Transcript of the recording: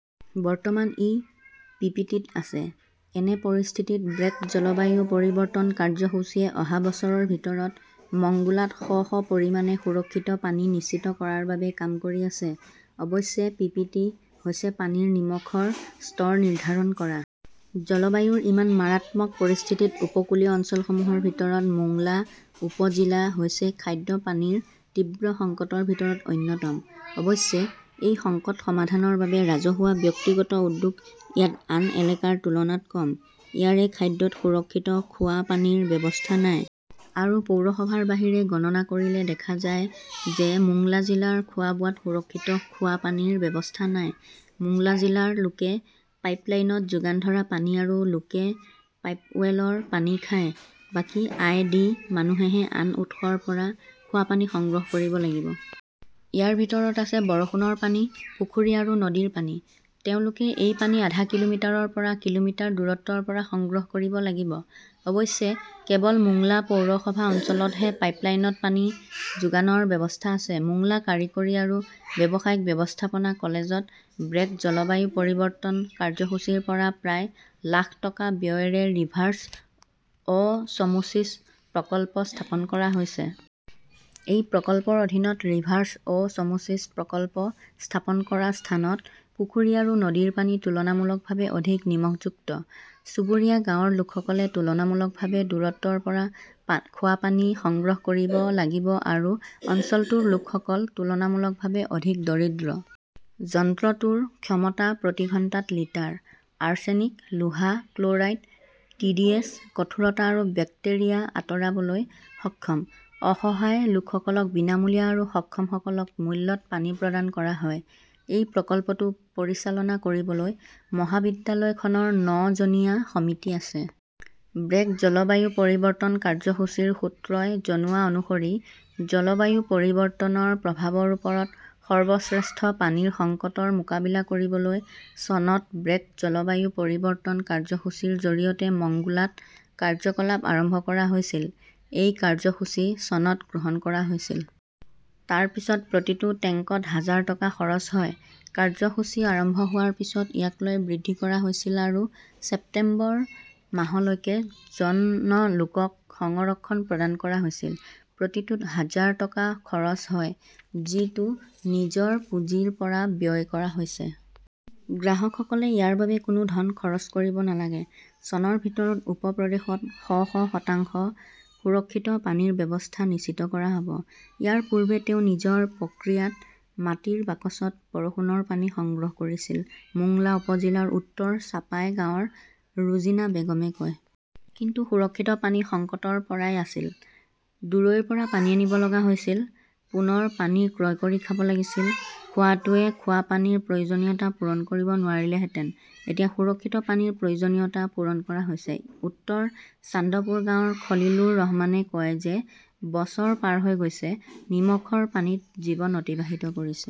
বৰ্তমান ই পিপিটিত আছে। এনে পৰিস্থিতিত ব্ৰেক জলবায়ু পৰিৱৰ্তন কাৰ্যসূচীয়ে অহা বছৰৰ ভিতৰত মংগোলাত শ শ পৰিমাণে সুৰক্ষিত পানী নিশ্চিত কৰাৰ বাবে কাম কৰি আছে। অৱশ্যে, পিপিটি হৈছে পানীৰ নিমখৰ স্তৰ নিৰ্ধাৰণ কৰা। জলবায়ুৰ ইমান মাৰাত্মক পৰিস্থিতিত উপকূলীয় অঞ্চলসমূহৰ ভিতৰত মোংলা উপ-জিলা হৈছে খাদ্য পানীৰ তীব্ৰ সংকটৰ ভিতৰত অন্যতম। অৱশ্যে, এই সংকট সমাধানৰ বাবে ৰাজহুৱা-ব্যক্তিগত উদ্যোগ ইয়াত আন এলেকাৰ তুলনাত কম। ইয়াৰে খাদ্যত সুৰক্ষিত খোৱা পানীৰ ব্যৱস্থা নাই। আৰু পৌৰসভাৰ বাহিৰে গণনা কৰিলে দেখা যায় যে মোংলা জিলাৰ খোৱা-বোৱাত সুৰক্ষিত খোৱা পানীৰ ব্যৱস্থা নাই। মোংলা জিলাৰ লোকে পাইপলাইনত যোগান ধৰা পানী আৰু লোকে পাইপৱেলৰ পানী খায়। বাকী আই. ডি. মানুহেহে আন উৎসৰ পৰা খোৱা পানী সংগ্ৰহ কৰিব লাগিব। ইয়াৰ ভিতৰত আছে বৰষুণৰ পানী, পুখুৰী আৰু নদীৰ পানী। তেওঁলোকে এই পানী আধা কিলোমিটাৰৰ পৰা কিলোমিটাৰ দূৰত্বৰ পৰা সংগ্ৰহ কৰিব লাগিব। অৱশ্যে, কেৱল মোংলা পৌৰসভা অঞ্চলতহে পাইপলাইনত পানী যোগানৰ ব্যৱস্থা আছে। মোংলা কাৰিকৰী আৰু ব্যৱসায়িক ব্যৱস্থাপনা কলেজত ব্ৰেক জলবায়ু পৰিৱৰ্তন কাৰ্যসূচীৰ পৰা প্ৰায় লাখ টকা ব্যয়েৰে ৰিভাৰ্ছ ''অ ছমোছিছ'' প্ৰকল্প স্থাপন কৰা হৈছে। এই প্ৰকল্পৰ অধীনত ৰিভাৰ্ছ ''অ ছমোছিছ'' প্ৰকল্প স্থাপন কৰা স্থানত পুখুৰী আৰু নদীৰ পানী তুলনামূলকভাৱে অধিক নিমখযুক্ত। চুবুৰীয়া গাঁৱৰ লোকসকলে তুলনামূলকভাৱে দূৰত্বৰ পৰা খোৱা পানী সংগ্ৰহ কৰিব লাগিব আৰু অঞ্চলটোৰ লোকসকল তুলনামূলকভাৱে অধিক দৰিদ্ৰ। যন্ত্ৰটোৰ ক্ষমতা প্ৰতি ঘণ্টাত লিটাৰ। আৰ্ছেনিক, লোহা, ক্ল'ৰাইড, টিডিএছ, কঠোৰতা আৰু বেক্টেৰিয়া আঁতৰাবলৈ সক্ষম। অসহায় লোকসকলক বিনামূলীয়া আৰু সক্ষমসকলক মূল্যত পানী প্ৰদান কৰা হয়। এই প্ৰকল্পটো পৰিচালনা কৰিবলৈ মহাবিদ্যালয়খনৰ ন জনীয়া সমিতি আছে। ব্ৰেক জলবায়ু পৰিৱৰ্তন কাৰ্যসূচীৰ সূত্ৰই জনোৱা অনুসৰি, জলবায়ু পৰিৱৰ্তনৰ প্ৰভাৱৰ ওপৰত সৰ্বশ্ৰেষ্ঠ পানীৰ সংকটৰ মোকাবিলা কৰিবলৈ চনত ব্ৰেক জলবায়ু পৰিৱৰ্তন কাৰ্যসূচীৰ জৰিয়তে মংগোলাত কাৰ্যকলাপ আৰম্ভ কৰা হৈছিল। এই কাৰ্যসূচী চনত গ্ৰহণ কৰা হৈছিল। তাৰ পিছত প্ৰতিটো টেংকত হাজাৰ টকা খৰচ হয়। কাৰ্যসূচী আৰম্ভ হোৱাৰ পিছত ইয়াক লৈ বৃদ্ধি কৰা হৈছিল আৰু ছেপ্টেম্বৰ মাহলৈকে জন লোকক সংৰক্ষণ প্ৰদান কৰা হৈছিল। প্ৰতিটোত হাজাৰ টকা খৰচ হয়। যিটো নিজৰ পুঁজিৰ পৰা ব্যয় কৰা হৈছে। গ্ৰাহকসকলে ইয়াৰ বাবে কোনো ধন খৰচ কৰিব নালাগে। চনৰ ভিতৰত উপ-প্ৰদেশত শ শ শতাংশ সুৰক্ষিত পানীৰ ব্যৱস্থা নিশ্চিত কৰা হ 'ব। ইয়াৰ পূৰ্বে তেওঁ নিজৰ প্ৰক্ৰিয়াত মাটিৰ বাকচত বৰষুণৰ পানী সংগ্ৰহ কৰিছিল, মোংলা উপ-জিলাৰ উত্তৰ চাপাই গাঁৱৰ ৰোজিনা বেগমে কয়। কিন্তু সুৰক্ষিত পানী সংকটৰ পৰাই আছিল। দূৰৈৰ পৰা পানী আনিব লগা হৈছিল। পুনৰ পানী ক্ৰয় কৰি খাব লাগিছিল। খোৱাটোৱে খোৱা পানীৰ প্ৰয়োজনীয়তা পূৰণ কৰিব নোৱাৰিলেহেঁতেন। এতিয়া সুৰক্ষিত পানীৰ প্ৰয়োজনীয়তা পূৰণ কৰা হৈছে। উত্তৰ চান্দপুৰ গাঁৱৰ খলিলুৰ ৰহমানে কয় যে- বছৰ পাৰ হৈ গৈছে, নিমখৰ পানীত জীৱন অতিবাহিত কৰিছে।